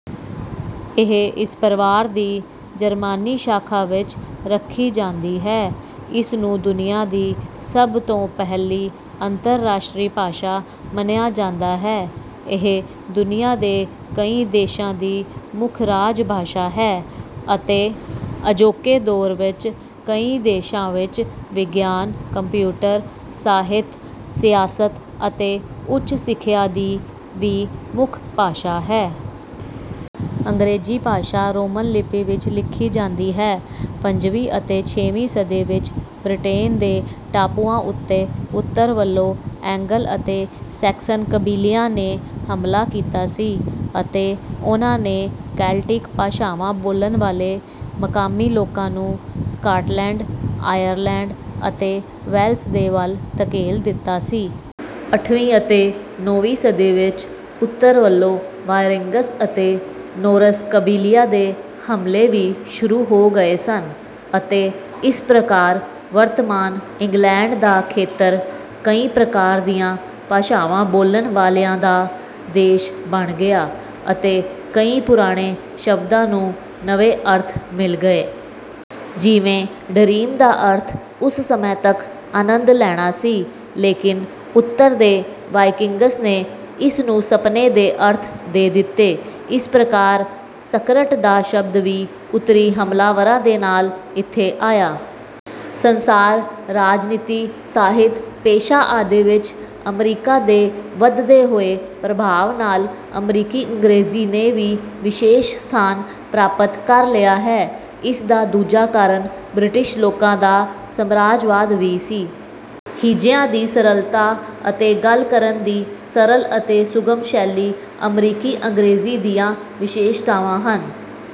ਇਹ ਇਸ ਪਰਿਵਾਰ ਦੀ ਜਰਮਾਨੀ ਸ਼ਾਖਾ ਵਿੱਚ ਰੱਖੀ ਜਾਂਦੀ ਹੈ। ਇਸ ਨੂੰ ਦੁਨੀਆ ਦੀ ਸਭ ਤੋਂ ਪਹਿਲੀ ਅੰਤਰਰਾਸ਼ਟਰੀ ਭਾਸ਼ਾ ਮੰਨਿਆ ਜਾਂਦਾ ਹੈ। ਇਹ ਦੁਨੀਆ ਦੇ ਕਈ ਦੇਸ਼ਾਂ ਦੀ ਮੁੱਖ ਰਾਜ ਭਾਸ਼ਾ ਹੈ ਅਤੇ ਅਜੋਕੇ ਦੌਰ ਵਿੱਚ ਕਈ ਦੇਸ਼ਾਂ ਵਿੱਚ ਵਿਗਿਆਨ, ਕੰਪਿਊਟਰ, ਸਾਹਿਤ, ਸਿਆਸਤ ਅਤੇ ਉੱਚ ਸਿੱਖਿਆ ਦੀ ਵੀ ਮੁੱਖ ਭਾਸ਼ਾ ਹੈ। ਅੰਗਰੇਜ਼ੀ ਭਾਸ਼ਾ ਰੋਮਨ ਲਿਪੀ ਵਿੱਚ ਲਿਖੀ ਜਾਂਦੀ ਹੈ। ਪੰਜਵੀਂ ਅਤੇ ਛੇਵੀਂ ਸਦੀ ਵਿੱਚ ਬ੍ਰਿਟੇਨ ਦੇ ਟਾਪੂਆਂ ਉੱਤੇ ਉੱਤਰ ਵਲੋਂ ਏਂਗਲ ਅਤੇ ਸੈਕਸਨ ਕਬੀਲਿਆਂ ਨੇ ਹਮਲਾ ਕੀਤਾ ਸੀ ਅਤੇ ਉਹਨਾਂ ਨੇ ਕੈਲਟਿਕ ਭਾਸ਼ਾਵਾਂ ਬੋਲਣ ਵਾਲੇ ਮਕਾਮੀ ਲੋਕਾਂ ਨੂੰ ਸਕਾਟਲੈਂਡ, ਆਇਰਲੈਂਡ ਅਤੇ ਵੇਲਸ ਦੇ ਵੱਲ ਧਕੇਲ ਦਿੱਤਾ ਸੀ। ਅਠਵੀਂ ਅਤੇ ਨੌਵੀਂ ਸਦੀ ਵਿੱਚ ਉੱਤਰ ਵਲੋਂ ਵਾਇਕਿੰਗਸ ਅਤੇ ਨੋਰਸ ਕਬੀਲਿਆਂ ਦੇ ਹਮਲੇ ਵੀ ਸ਼ੁਰੂ ਹੋ ਗਏ ਸਨ ਅਤੇ ਇਸ ਪ੍ਰਕਾਰ ਵਰਤਮਾਨ ਇੰਗਲੈਂਡ ਦਾ ਖੇਤਰ ਕਈ ਪ੍ਰਕਾਰ ਦੀਆਂ ਭਾਸ਼ਾਵਾਂ ਬੋਲਣ ਵਾਲਿਆਂ ਦਾ ਦੇਸ਼ ਬਣ ਗਿਆ, ਅਤੇ ਕਈ ਪੁਰਾਣੇ ਸ਼ਬਦਾਂ ਨੂੰ ਨਵੇਂ ਅਰਥ ਮਿਲ ਗਏ। ਜਿਵੇਂ: ਡਰੀਮ ਦਾ ਅਰਥ ਉਸ ਸਮੇਂ ਤਕ ਆਨੰਦ ਲੈਣਾ ਸੀ ਲੇਕਿਨ ਉੱਤਰ ਦੇ ਵਾਇਕਿੰਗਸ ਨੇ ਇਸ ਨੂੰ ਸਪਨੇ ਦੇ ਅਰਥ ਦੇ ਦਿੱਤੇ। ਇਸ ਪ੍ਰਕਾਰ ਸਕਰਟ ਦਾ ਸ਼ਬਦ ਵੀ ਉੱਤਰੀ ਹਮਲਾਵਰਾਂ ਦੇ ਨਾਲ ਇੱਥੇ ਆਇਆ। ਸੰਸਾਰ ਰਾਜਨੀਤੀ, ਸਾਹਿਤ, ਪੇਸ਼ਾ ਆਦਿ ਵਿੱਚ ਅਮਰੀਕਾ ਦੇ ਵੱਧਦੇ ਹੋਏ ਪ੍ਰਭਾਵ ਨਾਲ ਅਮਰੀਕੀ ਅੰਗਰੇਜ਼ੀ ਨੇ ਵੀ ਵਿਸ਼ੇਸ਼ ਸਥਾਨ ਪ੍ਰਾਪਤ ਕਰ ਲਿਆ ਹੈ। ਇਸ ਦਾ ਦੂਜਾ ਕਾਰਨ ਬ੍ਰਿਟਿਸ਼ ਲੋਕਾਂ ਦਾ ਸਾਮਰਾਜਵਾਦ ਵੀ ਸੀ। ਹਿੱਜਿਆਂ ਦੀ ਸਰਲਤਾ ਅਤੇ ਗੱਲ ਕਰਨ ਦੀ ਸਰਲ ਅਤੇ ਸੁਗਮ ਸ਼ੈਲੀ ਅਮਰੀਕੀ ਅੰਗਰੇਜ਼ੀ ਦੀਆਂ ਵਿਸ਼ੇਸ਼ਤਾਵਾਂ ਹਨ।